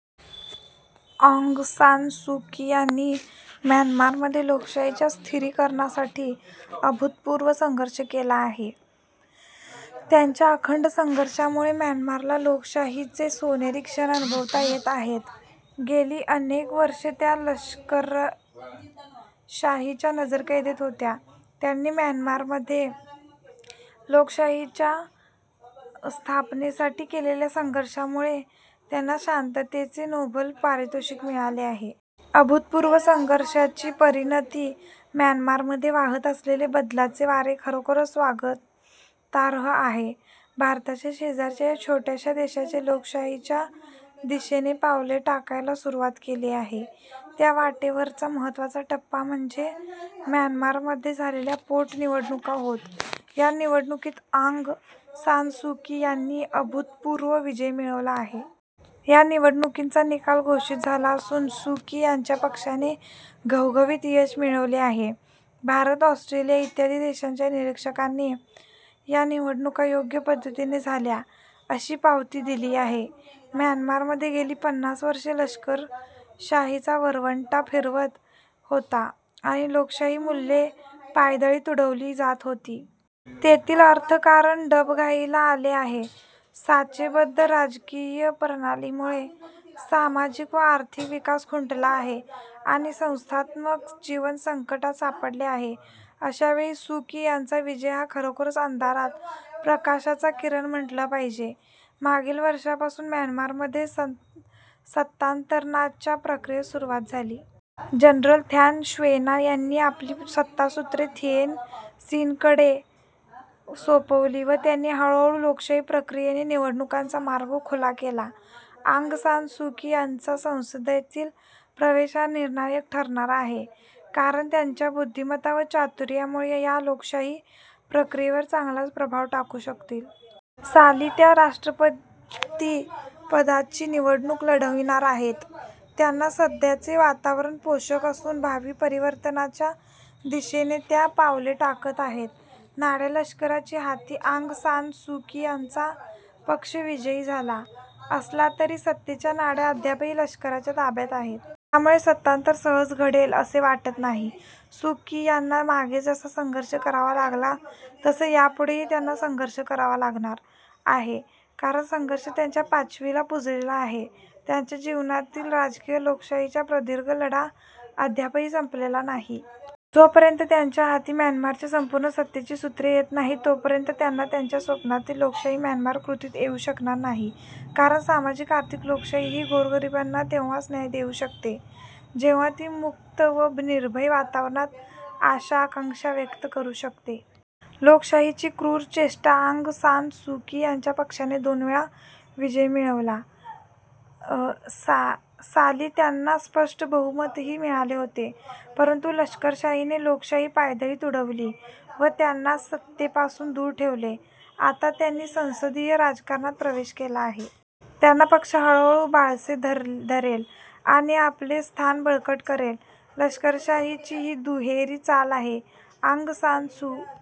आँग San Suu Kyi यांनी म्यानमारमध्ये लोकशाहीच्या स्थिरीकरणासाठी अभूतपूर्व संघर्ष केला आहे. त्यांच्या अखंड संघर्षामुळे म्यानमारला लोकशाहीचे सोनेरी क्षण अनुभवता येत आहेत. गेली अनेक वर्षे त्या लष्करशाहीच्या नजरकैदेत होत्या. त्यांनी म्यानमारमध्ये लोकशाहीच्या स्थापनेसाठी केलेल्या संघर्षामुळे त्यांना शांततेचे नोबेल पारितोषिक मिळाले आहे. अभूतपूर्व संघर्षाची परिणती म्यानमारमध्ये वाहत असलेले बदलाचे वारे खरोखरच स्वागतार्ह आहे. भारताच्या शेजारच्या या छोट्याशा देशाने लोकशाहीच्या दिशेने पावले टाकायला सुरूवात केली आहे. त्या वाटेवरचा महत्वाचा टप्पा म्हणजे म्यानमारमध्ये झालेल्या पोटनिवडणुका होत. या निवडणुकीत आँग सान सू की यांनी अभूतपूर्व विजय मिळविला आहे. या निवडणुकींचा निकाल घोषित झाला असून सू की यांच्या पक्षाने घवघवीत यश मिळविले आहे. भारत, ऑस्ट्रेलिया इत्यादी देशांच्या निरीक्षकांनी या निवडणुका योग्य पद्धतीने झाल्या, अशी पावती दिली आहे. म्यानमारमध्ये गेली पन्नास वर्षे लष्करशाहीचा वरवंटा फिरत होता आणि लोकशाही मूल्ये पायदळी तुडविली जात होती. तेथील अर्थकारण डबघाईला आले आहे. साचेबद्ध राजकीय प्रणालीमुळे सामाजिक व आर्थिक विकास खुंटला आहे आणि संस्थात्मक जीवन संकटात सापडले आहे. अशावेळी सू की यांचा विजय हा खरोखरच अंधारात प्रकाशाचा किरण म्हटला पाहिजे. मागील वर्षापासून म्यानमारमध्ये सत्तांतरणाच्या प्रक्रियेस सुरूवात झाली. जनरल थॅन श्वेना यांनी आपली सत्तासूत्रे थिएन सिनकडे सोपविली व त्यांनी हळू हळू लोकशाही प्रक्रियेने निवडणुकांचा मार्ग खुला केला. आँग सान सू की यांचा संसदेतील प्रवेश हा निर्णायक ठरणारा आहे. कारण त्यांच्या बुद्धिमत्ता व चातुर्यामुळे या लोकशाही प्रक्रियेवर चांगलाच प्रभाव टाकू शकतील. साली त्या राष्ट्रपतीपदाची निवडणूक लढविणार आहेत. त्यांना सध्याचे वातावरण पोषक असून भावी परिवर्तनाच्या दिशेने त्या पावले टाकत आहेत. नाड्या लष्कराच्या हाती आँग सान सू की यांचा पक्ष विजयी झाला असला तरी सत्तेच्या नाड्या अद्यापही लष्कराच्या ताब्यात आहेत. त्यामुळे सत्तांतर सहज घडेल असे वाटतं नाही. सू की यांना मागे जसा संघर्ष करावा लागला तसा यापुढेही त्यांना संघर्ष करावा लागणार आहे. कारण संघर्ष त्यांच्या पाचवीला पूजलेला आहे. त्यांच्या जीवनातील राजकीय लोकशाहीचा प्रदीर्घ लढा अद्यापही संपलेला नाही. जोपर्यंत त्यांच्या हाती म्यानमारच्या संपूर्ण सत्तेची सूत्रे येत नाहीत तोपर्यंत त्यांना त्यांच्या स्वप्नातील लोकशाही म्यानमार कृतीत येऊ शकणार नाही. कारण सामाजिक, आर्थिक, लोकशाही ही गोरगरिबांना तेव्हाच न्याय देऊ शकते जेव्हा ती मुक्त व निर्भय वातावरणात आशा आकांक्षा व्यक्त करू शकते. लोकशाहीची क्रूर चेष्टा आँग सान सू की यांच्या पक्षाने दोन वेळा विजय मिळविला. साली त्यांना स्पष्ट बहुमतही मिळाले होते. परंतु लष्करशाहीने लोकशाही पायदळी तुडविली व त्यांना सत्तेपासून दूर ठेवले. आता त्यांनी संसदीय राजकारणात प्रवेश केला आहे. त्यांचा पक्ष हळूहळू बाळसे धरेल आणि आपले स्थान बळकट करेल. लष्करशाहीची ही दुहेरी चाल आहे. ऑग सान सू